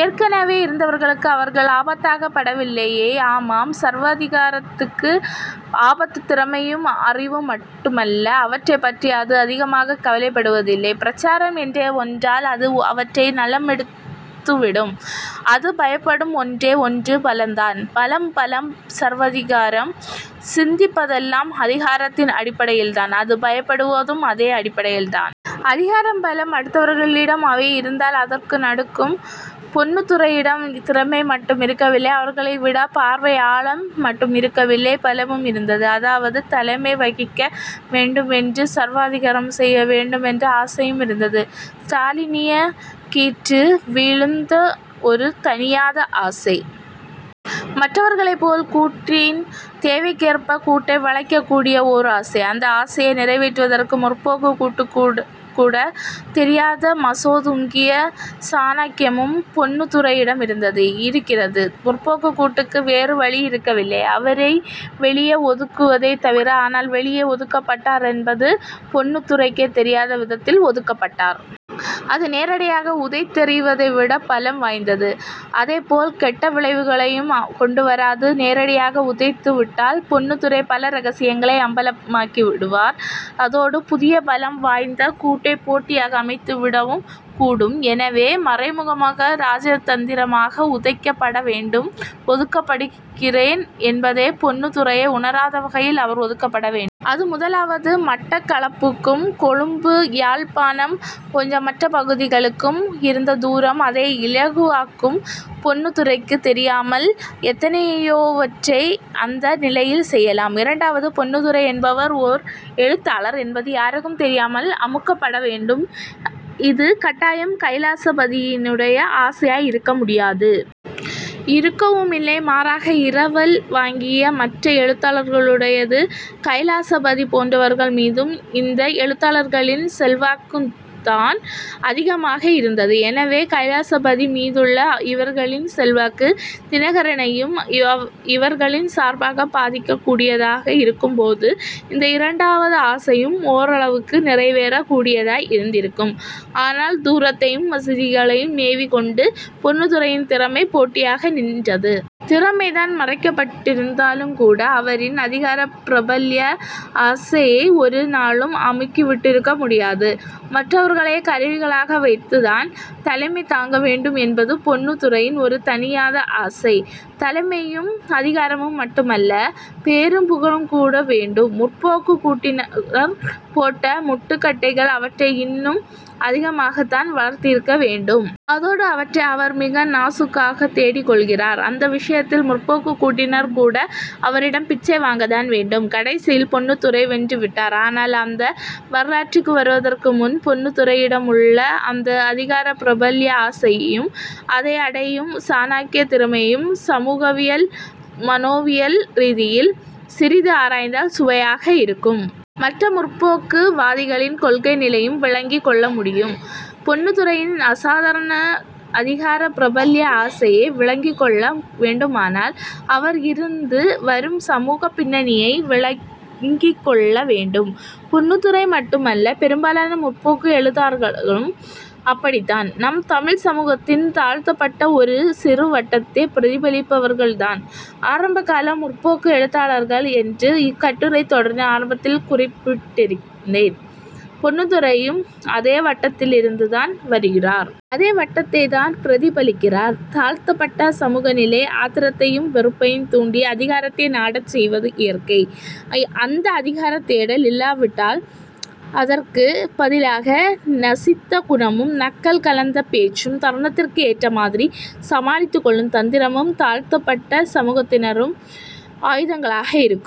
ஏற்கனவே இருந்தவர்களுக்கு அவர்கள் ஆபத்தாகப் படவில்லையே? ஆமாம் சர்வாதிகாரத்துக்கு ஆபத்து திறமையும் அறிவும் மட்டுமல்ல. அவற்றைப்பற்றி அது அதிகமாகக் கவலைப்படுவதில்லை. பிரச்சாரம் என்ற ஒன்றால் அது அவற்றை நலமெடுத்துவிடும் அது பயப்படும் ஒன்றே ஒன்று பலந்தான். பலம் பலம் சர்வாதிகாரம். சிந்திப்பதெல்லாம் அதிகாரத்தின் அடிப்படையில்தான். அது பயப்படுவதும் அதே அடிப்படையில்தான். அதிகாரம் பலம். அடுத்தவர்களிடம் அவை இருந்தால் அதற்கு நடுக்கம். பொன்னுத்துரையிடம் திறமை மட்டும் இருக்கவில்லை. அவர்களைவிடப் பார்வை ஆழம் மட்டும் இருக்கவில்லை. பலமும் இருந்தது. அதாவது தலைமை வகிக்க வேண்டும் என்று, சர்வாதிகாரம் செய்ய வேண்டும் என்று ஆசையும் இருந்தது. ஸ்டாலினியக் கீற்று விழுந்த ஒரு தணியாத ஆசை. மற்றவர்களைப்போல் கூட்டின் தேவைக்கேற்பக் கூட்டை வளைக்கக் கூடிய ஓர் ஆசை. அந்த ஆசையை நிறைவேற்றுவதற்கு 'முற்போக்கு'க் கூட்டுக்குக்கூடு கூடத் தெரியாத மாசோதுங்கிய சாணக்கியமும் பொன்னுத்துரையிடம் இருந்தது; இருக்கிறது. 'முற்போக்கு'க் கூட்டுக்கு வேறு வழி இருக்கவில்லை. அவரை வெளியே ஒதுக்குவதைத் தவிர. ஆனால் வெளியே ஒதுக்கப்பட்டார் என்பது பொன்னுத்துரைக்கே தெரியாத விதத்தில் ஒதுக்கப்பட்டார். அது நேரடியாக உதைத்தெறிவதை விடப் பலம் வாய்ந்தது. அதைப்போல் கெட்ட விளைவுகளையும் கொண்டு வராது. நேரடியாக உதைத்துவிட்டால் பொன்னுத்துரை பல ரகசியங்களை அம்பலமாக்கிவிடுவார். அதோடு புதிய பலம் வாய்ந்த கூட்டை போட்டியாக அமைத்துவிடவும் கூடும். எனவே மறைமுகமாக ராஜதந்திரமாக உதைக்கப்பட வேண்டும். ஒதுக்கப்படுகிறேன் என்பதைப் பொன்னுத்துரையே உணராத வகையில் அவர் ஒதுக்கப்பட வேண். அது முதலாவது. மட்டக்களப்புக்கும் கொழும்பு யாழ்ப்பாணம் போன்ற மற்ற பகுதிகளுக்கும் இருந்த தூரம் அதை இலகுவாக்கும். பொன்னுத்துரைக்குத் தெரியாமல் எத்தனையோவற்றை அந்த நிலையில் செய்யலாம். இரண்டாவது, பொன்னுத்துரை என்பவர் ஓர் எழுத்தாளர் என்பது யாருக்கும் தெரியாமல் அமுக்கப்பட வேண்டும். இது கட்டாயம் கைலாசபதியினுடைய ஆசையாய் இருக்க முடியாது. இருக்கவுமில்லை. மாறாக, இரவல் வாங்கிய மற்ற எழுத்தாளர்களுடையது. கைலாசபதி போன்றவர்கள் மீதும் இந்த எழுத்தாளர்களின் செல்வாக்குத்தான் அதிகமாக இருந்தது. எனவே கைலாசபதி மீதுள்ள இவர்களின் செல்வாக்கு 'தினகரனை'யும் இவ இவர்களின் சார்பாகப் பாதிக்கக் கூடியதாக இருக்கும்போது இந்த இரண்டாவது ஆசையும் ஓரளவுக்கு நிறைவேறக் கூடியதாய் இருந்திருக்கும். ஆனால் தூரத்தையும் வசதிகளையும் மேவிக்கொண்டு பொன்னுத்துரையின் திறமை போட்டியாக நின்றது. திறமைதான் மறைக்கப்பட்டிருந்தாலுங்கூட அவரின் அதிகார பிரபல்ய ஆசையை ஒரு நாளும் அமுக்கிவிட்டிருக்க முடியாது. மற்றவர்களைக் கருவிகளாக வைத்துத் தான் தலைமை தாங்க வேண்டும் என்பது பொன்னுத்துரையின் ஒரு தணியாத ஆசை. தலைமையும் அதிகாரமும் மட்டுமல்ல பெயரும் புகழும் கூட வேண்டும். 'முற்போக்கு'க் கூட்டினர் போட்ட முட்டுக்கட்டைகள் அவற்றை இன்னும் அதிகமாகத்தான் வளர்த்திருக்க வேண்டும். அதோடு அவற்றை அவர் மிக நாசூக்காகத் தேடிக்கொள்கிறார். அந்த விஷயத்தில் 'முற்போக்கு'க் கூட்டினர் கூட அவரிடம் பிச்சை வாங்கத்தான் வேண்டும். கடைசியில் பொன்னுத்துரை வென்றுவிட்டார். ஆனால் அந்த வரலாற்றுக்கு வருவதற்கு முன் பொன்னுத்துரையிடமுள்ள அந்த அதிகார பிரபல்ய ஆசையையும் அதை அடையும் சாணக்கியத் திறமையையும் சமூகவியல், மனோவியல் ரீதியில் சிறிது ஆராய்ந்தால் சுவையாக இருக்கும். மற்ற 'முற்போக்கு' வாதிகளின் கொள்கை நிலையும் விளங்கிக் கொள்ள முடியும். பொன்னுத்துரையின் அசாதாரண அதிகார பிரபல்ய ஆசையை விளங்கிக்கொள்ள வேண்டுமானால் அவர் இருந்து வரும் சமூகப் பின்னணியை விளங்கிக்கொள்ள வேண்டும். பொன்னுத்துரை மட்டுமல்ல பெரும்பாலான 'முற்போக்கு' எழுத்தாளர்களும் அப்படித்தான். நம் தமிழ்ச் சமூகத்தின் தாழ்த்தப்பட்ட ஒரு சிறு வட்டத்தைப் பிரதிபலிப்பவர்கள்தான் ஆரம்பகால 'முற்போக்கு' எழுத்தாளர்கள் என்று இக்கட்டுரைத் தொடரின் ஆரம்பத்தில் குறிப்பிட்டிருந்தேன் பொன்னுத்துரையும் அதே வட்டத்திலிருந்துதான் வருகிறார். அதே வட்டத்தைத்தான் பிரதிபலிக்கிறார். தாழ்த்தப்பட்ட சமூகநிலை ஆத்திரத்தையும் வெறுப்பையும் தூண்டி அதிகாரத்தை நாடச் செய்வது இயற்கை. அந்த அதிகாரத் தேடல் இல்லாவிட்டால் அதற்குப் பதிலாக நசித்த குணமும், நக்கல் கலந்த பேச்சும், தருணத்துக்கு ஏற்ற மாதிரிச் சமாளித்துக் கொள்ளும் தந்திரமும் தாழ்த்தப்பட்ட சமூகத்தினரும் ஆயுதங்களாக இருக்கும்.